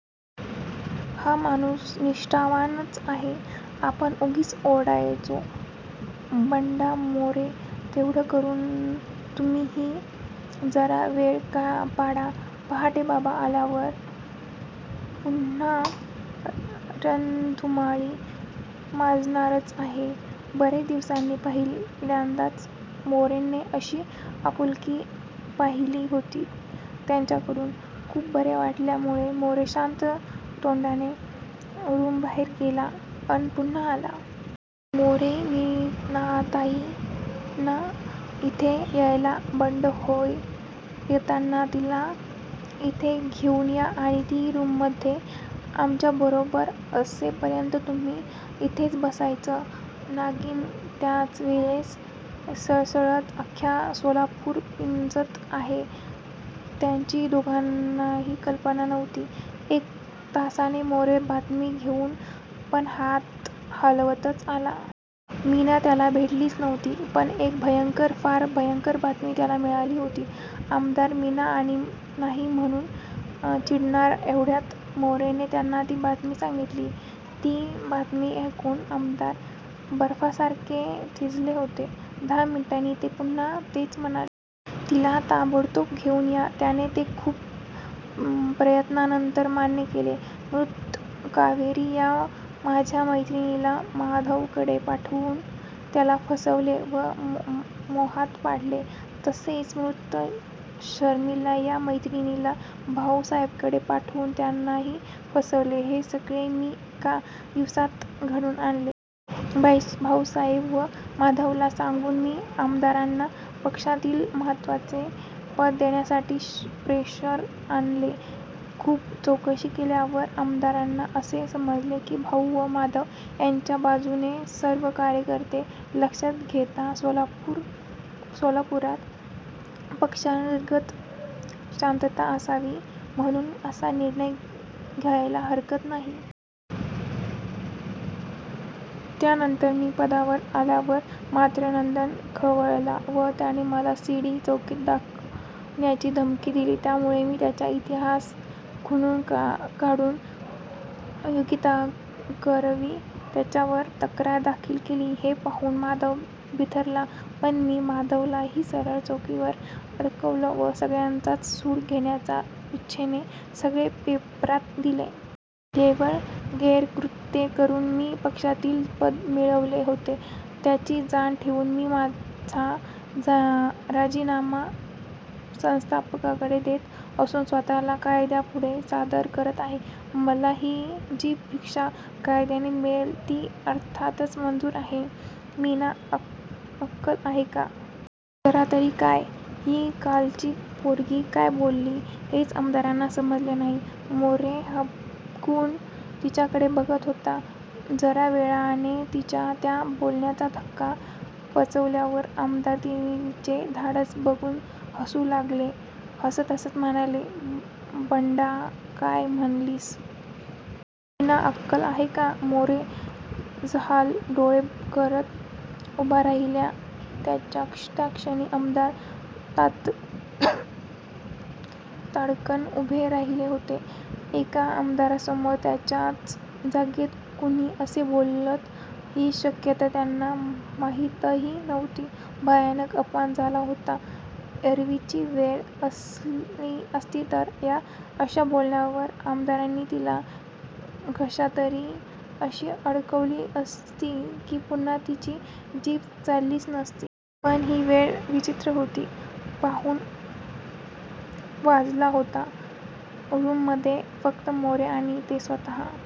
हा माणूस निष्ठावानच आहे. आपण उगीच ओरडायचो. बंडा मोरे, तेवढं करून तुम्हीही जरा वेळ पडा! पहाटे बाबा आल्यावर पुन्हा रणधुमाळी माजणारच आहे. बरेच दिवसांनी पहिल्यांदाच मोरेने अशी आपुलकी पाहिली होती त्यांच्याकडून. खूप बरे वाटल्यामुळे मोरे शांत तोंडाने रूमबाहेर गेला अन पुन्हा आला. मोरे मीनाताईंना... इथे यायला.. बंड होय! येताना तिला इथे घेऊन या आणि ती रूममधे आमच्याबरोबर असेपर्यंत तुम्ही इथेच बसायचंत! नागीण त्याचवेलेस सळसळत अख्खं सोलापूर पिंजत आहे याची दोघांनाही कल्पना नव्हती. एक तासाने मोरे बातमी देऊन, पण हात हलवतच आला. मीना त्याला भेटलीच नव्हती. पण एक भयंकर, फ़ार भयंकर बातमी त्याला मिळाली होती. आमदार मीना आली नाही म्हणून चिडणार एवढ्यात मोरेने त्यांना ती बातमी सांगीतली. ती बातमी ऐकून आमदार बर्फ़ासारखे थिजले होते. दहा मिनिटांनी ते पुन्हा तेच म्हणाले. 'तिला ताबडतोब घेऊन या'! त्याने ते खूप प्रयत्नांनतर मान्य केले. मृत कावेरी या माझ्या मैत्रिणीला माधवकडे पाठवून त्याला फ़सवले व मोहात पाडले. तसेच, मृत शर्मिला या मैत्रिणीला भाऊसाहेबांकडे पाठवून त्यांनाही फ़सवले. हे सगळे मी एका दिवसात घडवून आणले. भाऊसाहेब व माधवला सांगून मी आमदारांना पक्षातील महत्वाचे पद देण्यासाठी प्रेशर आणले. खूप चौकशी केल्यावर आमदारांना असे समजले की भाऊ व माधव यांच्या बाजूचे सर्व कार्यकर्ते लक्षात घेता सोलापुरात पक्षांतर्गत शांतता असावी म्हणून असा निर्णय घ्यायला हरकत नाही. त्यानंतर मी पदावर आल्यावर मात्र नंदन खवळला व त्याने मला सी. डी. चौकीत दाखवण्याची धमकी दिली. त्यामुळे मी त्याचा इतिहास खणून काढून योगिताकरवी त्याच्यावर तक्रार दाखल केली. हे पाहून माधव बिथरला. पण मी माधवलाही सरळ चौकीवर अडकव व सगळ्यांचाच सूड घेण्याच्या इच्छेने सगळे पेपरात दिले. केवळ गैरकृत्ये करून मी पक्षातील पद मिळवले होते. याची जाण ठेवून मी माझा राजीनामा संस्थापकांकडे देत असून स्वत:ला कायद्यापुढे सादर करत आहे. मला जी शिक्षा कायद्याने मिळेल ती अर्थातच मंजूर आहे. मीना अक्कल आहे का? जरा तरी, काय? ही कालची पोरगी काय बोलली हेच आमदारांना समजले नाही. मोरे हबकून तिच्याकडे बघत होता. जरावेळाने तिच्या त्या बोलण्याचा धक्का पचवल्यावर आमदार तिचे धाडस बघून हसू लागले. हसत हसत म्हणाले: बंडा काय म्हणलीस? मीना अक्कल!.आहे का? मोरे जहाल डोळे करत उभा राहिला त्याचक्षणी आमदार ताडकन उभे राहिले होते. एका आमदारासमोर त्याच्याच जागेत कुणी असे बोलेल ही शक्यता त्यांना माहीतही नव्हती. भयानक अपमान झाला होता. एरवीची वेळ असती तर या अशा बोलण्यावर आमदारांनी तिला कशाततरी अशी अडकवली असती की पुन्हा तिची जीभ चाललीच नसती. पण ही वेळच विचित्र होती. पाऊण वाजला होता. रूममधे फ़क्त मोरे आणि ते स्वत:--